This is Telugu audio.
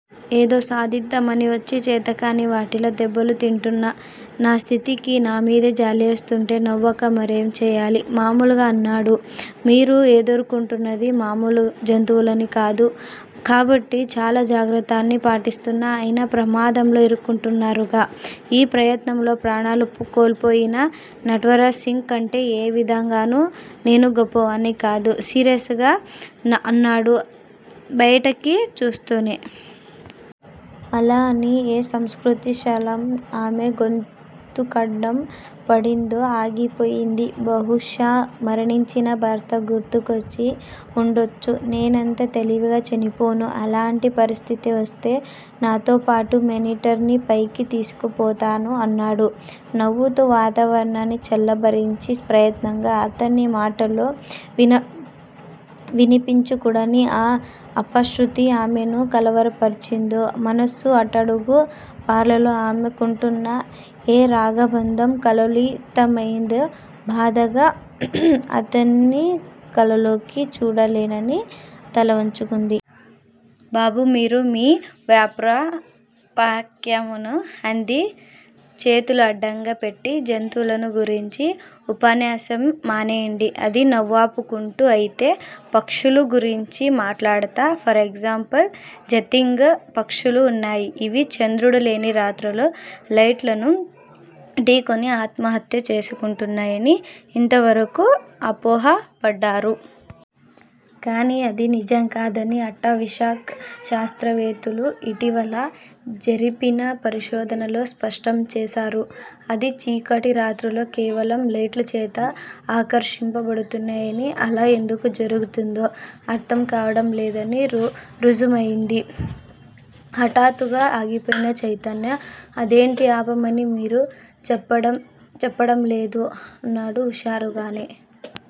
ఏదో సాధిద్దామని వచ్చి చేతకాని వాడిలా దెబ్బతింటున్న నా స్థితికి నా మీదే జాలేస్తుంటే నవ్వక మరేం చేయాలి మామూలుగా అన్నాడు. మీరు ఎదుర్కొంటున్నది మామూలు జంతువులని కాదు. కాబట్టే చాలా జాగ్రత్తల్ని పాటిస్తున్నాను. అయినా ప్రమాదంలో ఇరుక్కుంటున్నారుగా? ఈ ప్రయత్నంలో ప్రాణాలు కోల్పోయిన నట్వర్ సింగ్ కంటే ఏవిధంగానూ నే గొప్పవాణ్ని కాదు సీరియస్ గా అన్నాడు బయటికి చూస్తూనే. అలా అని ఏ స్మృతిశకలం ఆమె గొంతుక్కడ్డం పడిందో ఆగిపోయింది. బహుశా మరణించిన భర్త గుర్తుకొచ్చి ఉండొచ్చు. నేనంత తేలిగ్గా చనిపోను. అలాంటి పరిస్థితే వస్తే నాతోపాటు మేనీటర్ ని పైకి తీసుకుపోతా అన్నాడు నవ్వుతూ వాతావరణాన్ని చల్లబరిచే ప్రయత్నంగా. అతని మాటల్లో వినిపించకూడని ఏ అపశ్రుతి ఆమెను కలవరపరిచిందో మనసు అట్టడుగు పొరల్లో ఆమె కుంటున్న ఏ రాగబంధం కల్లోలితమైందో బాధగా అతని కళ్ళల్లోకి చూడలేనట్టు తలవంచుకుంది. బాబూ! మీరూ మీ వ్యాఘ్రోపాఖ్యానమూనూ అంది చేతులు అడ్డంగా పెట్టి. జంతువులను గురించి ఉపన్యాసం మానేయండి అంది నవ్వాపుకుంటూ. అయితే పక్షుల గురించి మాటాడతా. ఫరెగ్జాంపుల్ జతింగ పక్షులు వున్నాయి. ఇవి చంద్రుడు లేని రాత్రుల్లో లైట్లను ఢీకొని ఆత్మహత్య చేసుకుంటున్నాయని ఇంతవరకూ అపోహ పడ్డారు. కాని అది నిజంకాదని అటవీశాఖ శాస్త్రవేత్తలు ఇటీవల జరిపిన పరిశోధనల్లో స్పష్టం చేశారు. అది చీకటి రాత్రుల్లో కేవలం లైట్లచేత ఆకర్షింప బడుతున్నాయని, అలా ఎందుకు జరుగుతుందో అర్ధం కావడం లేదని రుజుమయింది హటాత్తుగా ఆగిపోయిన చైతన్య అదేంటీ_ఆపేయమని మీరు అడ్డుచెప్పడం లేదూ అన్నాడు హుషారుగానే.